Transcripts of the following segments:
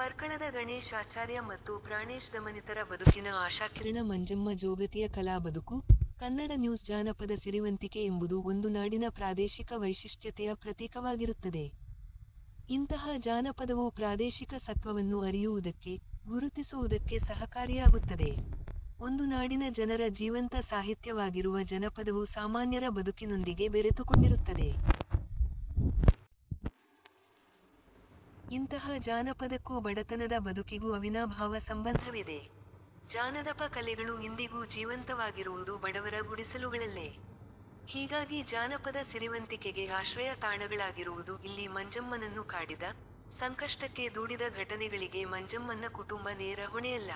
ಪರ್ಕಳದ ಗಣೇಶ್ ಆಚಾರ್ಯ ಮತ್ತು ಪ್ರಾಣೇಶ್ ದಮನಿತರ ಬದುಕಿನ ಆಶಾಕಿರಣ ಮಂಜಮ್ಮ ಜೋಗತಿಯ ಕಲಾ ಬದುಕು – ಕನ್ನಡ ನ್ಯೂಸ್ ಜಾನಪದ ಸಿರಿವಂತಿಕೆ ಎಂಬುದು ಒಂದು ನಾಡಿನ ಪ್ರಾದೇಶಿಕ ವೈಶಿಷ್ಟ್ಯತೆಯ ಪ್ರತೀಕವಾಗಿರುತ್ತದೆ. ಇಂತಹ ಜಾನಪದವು ಪ್ರಾದೇಶಿಕ ಸತ್ವವನ್ನು ಅರಿಯುವುದಕ್ಕೆ, ಗುರುತಿಸುವುದಕ್ಕೆ ಸಹಕಾರಿಯಾಗುತ್ತದೆ. ಒಂದು ನಾಡಿನ ಜನರ ಜೀವಂತ ಸಾಹಿತ್ಯವಾಗಿರುವ ಜನಪದವು ಸಾಮಾನ್ಯರ ಬದುಕಿನೊಂದಿಗೆ ಬೆರೆತುಕೊಂಡಿರುತ್ತದೆ. ಇಂತಹ ಜಾನಪದಕ್ಕೂ ಬಡತನದ ಬದುಕಿಗೂ ಅವಿನಾಭಾವ ಸಂಬಂಧವಿದೆ. ಜಾನದಪ ಕಲೆಗಳು ಇಂದಿಗೂ ಜೀವಂತವಾಗಿರುವುದು ಬಡವರ ಗುಡಿಸಲುಗಳಲ್ಲೆ. ಹೀಗಾಗಿ ಜಾನಪದ ಸಿರಿವಂತಿಕೆಗೆ ಆಶ್ರಯ ತಾಣಗಳಾಗಿರುವುದು ಇಲ್ಲಿ ಮಂಜಮ್ಮನನ್ನು ಕಾಡಿದ, ಸಂಕಷ್ಟಕ್ಕೆ ದೂಡಿದ ಘಟನೆಗಳಿಗೆ ಮಂಜಮ್ಮನ್ನ ಕುಟುಂಬ ನೇರ ಹೊಣೆಯಲ್ಲ.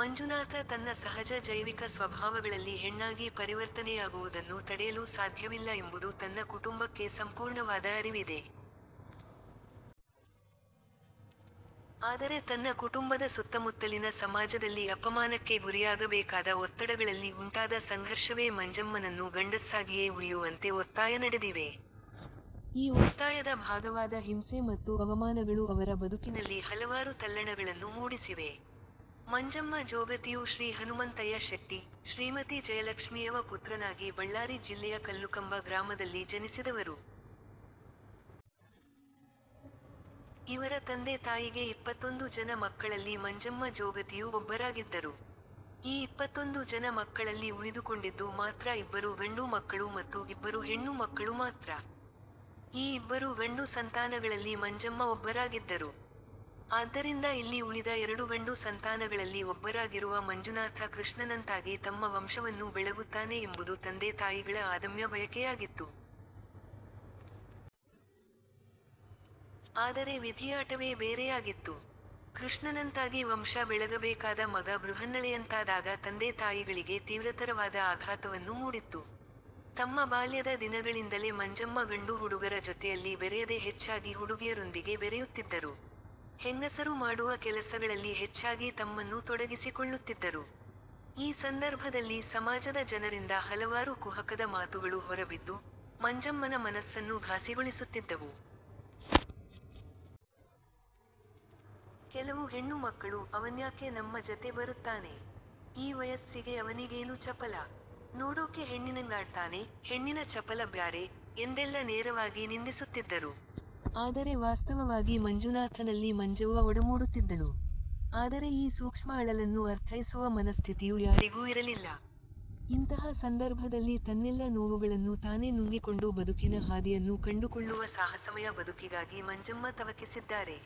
ಮಂಜುನಾಥ ತನ್ನ ಸಹಜ ಜೈವಿಕ ಸ್ವಭಾವಗಳಲ್ಲಿ ಹೆಣ್ಣಾಗಿ ಪರಿವರ್ತನೆಯಾಗುವುದನ್ನು ತಡೆಯಲು ಸಾಧ್ಯವಿಲ್ಲ ಎಂಬುದು ತನ್ನ ಕುಟುಂಬಕ್ಕೆ ಸಂಪೂರ್ಣವಾದ ಅರಿವಿದೆ. ಆದರೆ ತನ್ನ ಕುಟುಂಬದ ಸುತ್ತಮುತ್ತಲಿನ ಸಮಾಜದಲ್ಲಿ ಅಪಮಾನಕ್ಕೆ ಗುರಿಯಾಗಬೇಕಾದ ಒತ್ತಡಗಳಲ್ಲಿ ಉಂಟಾದ ಸಂಘರ್ಷವೇ ಮಂಜಮ್ಮನನ್ನು ಗಂಡಸ್ಸಾಗಿಯೇ ಉಳಿಯುವಂತೆ ಒತ್ತಾಯ ನಡೆದಿವೆ. ಈ ಒತ್ತಾಯದ ಭಾಗವಾದ ಹಿಂಸೆ ಮತ್ತು ಅವಮಾನಗಳು ಅವರ ಬದುಕಿನಲ್ಲಿ ಹಲವಾರು ತಲ್ಲಣಗಳನ್ನು ಮೂಡಿಸಿವೆ. ಮಂಜಮ್ಮ ಜೋಗತಿಯು ಶ್ರೀ ಹನುಮಂತಯ್ಯ ಶೆಟ್ಟಿ, ಶ್ರೀಮತಿ ಜಯಲಕ್ಷ್ಮೀಯವ ಪುತ್ರನಾಗಿ ಬಳ್ಳಾರಿ ಜಿಲ್ಲೆಯ ಕಲ್ಲುಕಂಬ ಗ್ರಾಮದಲ್ಲಿ ಜನಿಸಿದವರು. ಇವರ ತಂದೆ ತಾಯಿಗೆ ಇಪ್ಪತ್ತೊಂದು ಜನ ಮಕ್ಕಳಲ್ಲಿ ಮಂಜಮ್ಮ ಜೋಗತಿಯು ಒಬ್ಬರಾಗಿದ್ದರು. ಈ ಇಪ್ಪತ್ತೊಂದು ಜನ ಮಕ್ಕಳಲ್ಲಿ ಉಳಿದುಕೊಂಡಿದ್ದು ಮಾತ್ರ ಇಬ್ಬರು ಗಂಡು ಮಕ್ಕಳು ಮತ್ತು ಇಬ್ಬರು ಹೆಣ್ಣು ಮಕ್ಕಳು ಮಾತ್ರ. ಈ ಇಬ್ಬರು ಗಂಡು ಸಂತಾನಗಳಲ್ಲಿ ಮಂಜಮ್ಮ ಒಬ್ಬರಾಗಿದ್ದರು. ಆದ್ದರಿಂದ ಇಲ್ಲಿ ಉಳಿದ ಎರಡು ಗಂಡು ಸಂತಾನಗಳಲ್ಲಿ ಒಬ್ಬರಾಗಿರುವ ಮಂಜುನಾಥ ಕೃಷ್ಣನಂತಾಗಿ ತಮ್ಮ ವಂಶವನ್ನು ಬೆಳಗುತ್ತಾನೆ ಎಂಬುದು ತಂದೆ ತಾಯಿಗಳ ಆದಮ್ಯ ಬಯಕೆಯಾಗಿತ್ತು. ಆದರೆ ವಿಧಿಯಾಟವೇ ಬೇರೆಯಾಗಿತ್ತು. ಕೃಷ್ಣನಂತಾಗಿ ವಂಶ ಬೆಳಗಬೇಕಾದ ಮಗ ಬೃಹನ್ನಳೆಯಂತಾದಾಗ ತಂದೆ ತಾಯಿಗಳಿಗೆ ತೀವ್ರತರವಾದ ಆಘಾತವನ್ನು ಮೂಡಿತ್ತು. ತಮ್ಮ ಬಾಲ್ಯದ ದಿನಗಳಿಂದಲೆ ಮಂಜಮ್ಮ ಗಂಡು ಹುಡುಗರ ಜೊತೆಯಲ್ಲಿ ಬೆರೆಯದೆ ಹೆಚ್ಚಾಗಿ ಹುಡುಗಿಯರೊಂದಿಗೆ ಬೆರೆಯುತ್ತಿದ್ದರು. ಹೆಂಗಸರು ಮಾಡುವ ಕೆಲಸಗಳಲ್ಲಿ ಹೆಚ್ಚಾಗಿ ತಮ್ಮನ್ನು ತೊಡಗಿಸಿಕೊಳ್ಳುತ್ತಿದ್ದರು. ಈ ಸಂದರ್ಭದಲ್ಲಿ ಸಮಾಜದ ಜನರಿಂದ ಹಲವಾರು ಕುಹಕದ ಮಾತುಗಳು ಹೊರಬಿದ್ದು, ಮಂಜಮ್ಮನ ಮನಸ್ಸನ್ನು ಘಾಸಿಗೊಳಿಸುತ್ತಿದ್ದವು. ಕೆಲವು ಹೆಣ್ಣು ಮಕ್ಕಳು "ಅವನ್ಯಾಕೆ ನಮ್ಮ ಜತೆ ಬರುತ್ತಾನೆ? ಈ ವಯಸ್ಸಿಗೆ ಅವನಿಗೇನು ಚಪಲ. ನೋಡೋಕೆ ಹೆಣ್ಣಿನಂಗಾಡ್ತಾನೆ, ಹೆಣ್ಣಿನ ಚಪಲ ಬ್ಯಾರೆ" ಎಂದೆಲ್ಲ ನೇರವಾಗಿ ನಿಂದಿಸುತ್ತಿದ್ದರು. ಆದರೆ ವಾಸ್ತವವಾಗಿ ಮಂಜುನಾಥನಲ್ಲಿ ಮಂಜವ್ವ ಒಡಮೂಡುತ್ತಿದ್ದಳು. ಆದರೆ ಈ ಸೂಕ್ಷ್ಮ ಅಳಲನ್ನು ಅರ್ಥೈಸುವ ಮನಸ್ಥಿತಿಯು ಯಾರಿಗೂ ಇರಲಿಲ್ಲ. ಇಂತಹ ಸಂದರ್ಭದಲ್ಲಿ ತನ್ನೆಲ್ಲ ನೋವುಗಳನ್ನು ತಾನೆ ನುಂಗಿಕೊಂಡು ಬದುಕಿನ ಹಾದಿಯನ್ನು ಕಂಡುಕೊಳ್ಳುವ ಸಾಹಸಮಯ ಬದುಕಿಗಾಗಿ ಮಂಜಮ್ಮ ತವಕಿಸಿದ್ದಾರೆ.